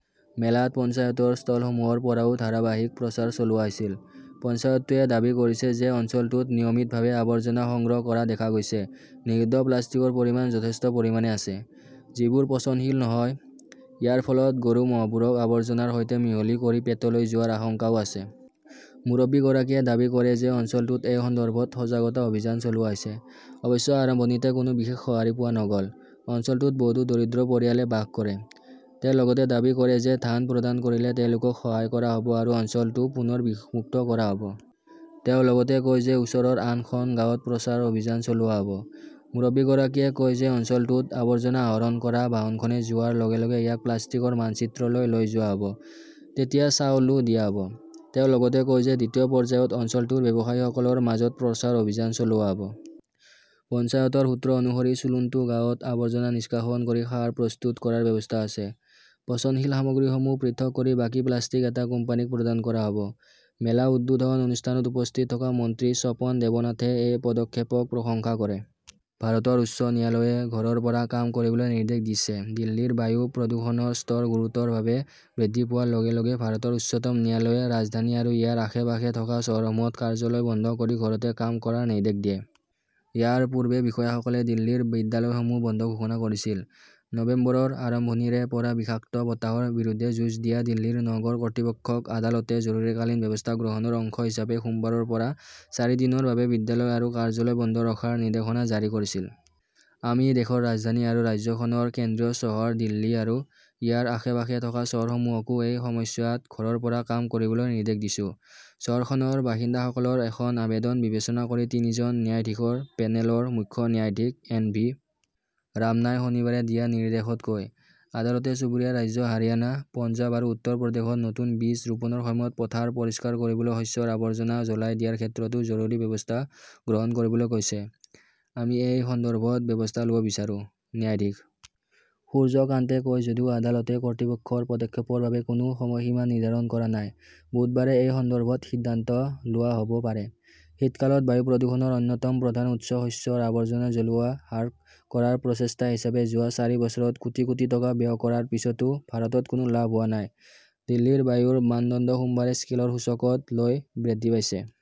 মেলাত পঞ্চায়তৰ ষ্টলসমূহৰ পৰাও ধাৰাবাহিক প্ৰচাৰ চলোৱা হৈছিল। পঞ্চায়তটোৱে দাবী কৰিছে যে অঞ্চলটোত নিয়মিতভাৱে আৱৰ্জনা সংগ্ৰহ কৰা দেখা গৈছ, নিষিদ্ধ প্লাষ্টিকৰ পৰিমাণ যথেষ্ট পৰিমাণে আছে। যিবোৰ পচনশীল নহয়। ইয়াৰ ফলত গৰু-ম'হবোৰক আৱৰ্জনাৰ সৈতে মিহলি কৰি পেটলৈ যোৱাৰ আশংকাও আছে। মুৰব্বীগৰাকীয়ে দাবী কৰে যে অঞ্চলটোত এই সন্দৰ্ভত সজাগতা অভিযান চলোৱা হৈছে। অৱশ্যে আৰম্ভণিতে কোনো বিশেষ সঁহাৰি পোৱা নগ'ল। অঞ্চলটোত বহুতো দৰিদ্ৰ পৰিয়ালে বাস কৰে। তেওঁ লগতে দাবী কৰে যে ধান প্ৰদান কৰিলে তেওঁলোকক সহায় কৰা হ'ব আৰু অঞ্চলটো পুনৰ বিষমুক্ত কৰা হ'ব। তেওঁ লগতে কয় যে ওচৰৰ আন খন গাঁৱত প্ৰচাৰ অভিযান চলোৱা হ'ব। মুৰব্বীগৰাকীয়ে কয় যে অঞ্চলটোত আৱৰ্জনা আহৰণ কৰা বাহনখনে যোৱাৰ লগে-লগে ইয়াক প্লাষ্টিকৰ মানচিত্ৰলৈ লৈ যোৱা হ'ব। তেতিয়া চাউলও দিয়া হ'ব। তেওঁ লগতে কয় যে দ্বিতীয় পৰ্যায়ত অঞ্চলটোৰ ব্যৱসায়ীসকলৰ মাজত প্ৰচাৰ অভিযান চলোৱা হ'ব। পঞ্চায়তৰ সূত্ৰ অনুসৰি চুলুণ্টু গাঁৱত আৱৰ্জনা নিষ্কাশন কৰি সাৰ প্ৰস্তুত কৰাৰ ব্যৱস্থা আছে। পচনশীল সামগ্ৰীসমূহ পৃথক কৰি বাকী প্লাষ্টিক এটা কোম্পানীক প্ৰদান কৰা হ'ব। মেলা উদ্বোধন অনুষ্ঠানত উপস্থিত থকা মন্ত্ৰী স্বপন দেৱনাথে এই পদক্ষেপক প্ৰশংসা কৰে। ভাৰতৰ উচ্চ ন্যায়ালয়ে ঘৰৰ পৰা কাম কৰিবলৈ নিৰ্দেশ দিছে দিল্লীৰ বায়ু প্ৰদূষণৰ স্তৰ গুৰুতৰভাৱে বৃদ্ধি পোৱাৰ লগে -লগে ভাৰতৰ উচ্চতম ন্যায়ালয়ে ৰাজধানী আৰু ইয়াৰ আশে-পাশে থকা চহৰসমূহত কাৰ্যালয় বন্ধ কৰি ঘৰতে কাম কৰাৰ নিৰ্দেশ দিয়ে। ইয়াৰ পূৰ্বে বিষয়াসকলে দিল্লীৰ বিদ্যালয়সমূহ বন্ধ ঘোষণা কৰিছিল। নৱেম্বৰৰ আৰম্ভণিৰে পৰা বিষাক্ত বতাহৰ বিৰুদ্ধে যুঁজ দিয়া দিল্লীৰ নগৰ কৰ্তৃপক্ষক আদালতে জৰুৰীকালীন ব্যৱস্থা গ্ৰহণৰ অংশ হিচাপে সোমবাৰৰ পৰা চাৰিদিনৰ বাবে বিদ্যালয় আৰু কাৰ্যালয় বন্ধ ৰখাৰ নিৰ্দেশনা জাৰি কৰিছিল। আমি দেশৰ ৰাজধানী আৰু ৰাজ্যখনৰ কেন্দ্ৰীয় চহৰ দিল্লী আৰু ইয়াৰ আশে-পাশে থকা চহৰসমূহকো এই সময়ছোৱাত ঘৰৰ পৰা কাম কৰিবলৈ নিৰ্দেশ দিছো। চহৰখনৰ বাসিন্দাসকলৰ এখন আবেদন বিবেচনা কৰি তিনিজন ন্যায়াধীশৰ পেনেলৰ মুখ্য ন্যায়াধীশ এন .ভি .ৰামনাই শনিবাৰে দিয়া নিৰ্দেশত কয়, আদালতে চুবুৰীয়া ৰাজ্য হাৰিয়ানা, পঞ্জাৱ আৰু উত্তৰ প্ৰদেশত নতুন বীজ ৰুপনৰ সময়ত পথাৰ পৰিষ্কাৰ কৰিবলৈ শস্যৰ আৱৰ্জনা জ্বলাই দিয়াৰ ক্ষেত্ৰতো জৰুৰী ব্যৱস্থা গ্ৰহণ কৰিবলৈ কৈছে। আমি এই সন্দৰ্ভত ব্যৱস্থা ল'ব বিচাৰো ।ন্যায়াধীশ সূৰ্য কান্তে কয় যদিও আদালতে কৰ্তৃপক্ষৰ পদক্ষেপৰ বাবে কোনো সময়সীমা নিৰ্ধাৰণ কৰা নাই, বুধবাৰে এই সন্দৰ্ভত সিদ্ধান্ত লোৱা হ'ব পাৰে। শীতকালত বায়ু প্ৰদূষণৰ অন্যতম প্ৰধান উৎস শস্যৰ আৱৰ্জনা জ্বলোৱা হ্ৰাস কৰাৰ প্ৰচেষ্টা হিচাপে যোৱা চাৰি বছৰত কোটি- কোটি টকা ব্যয় কৰাৰ পিছতো ভাৰতত কোনো লাভ হোৱা নাই। দিল্লীৰ বায়ুৰ মানদণ্ড সোমবাৰে স্কেলৰ সূচকত লৈ বৃদ্ধি পাইছে।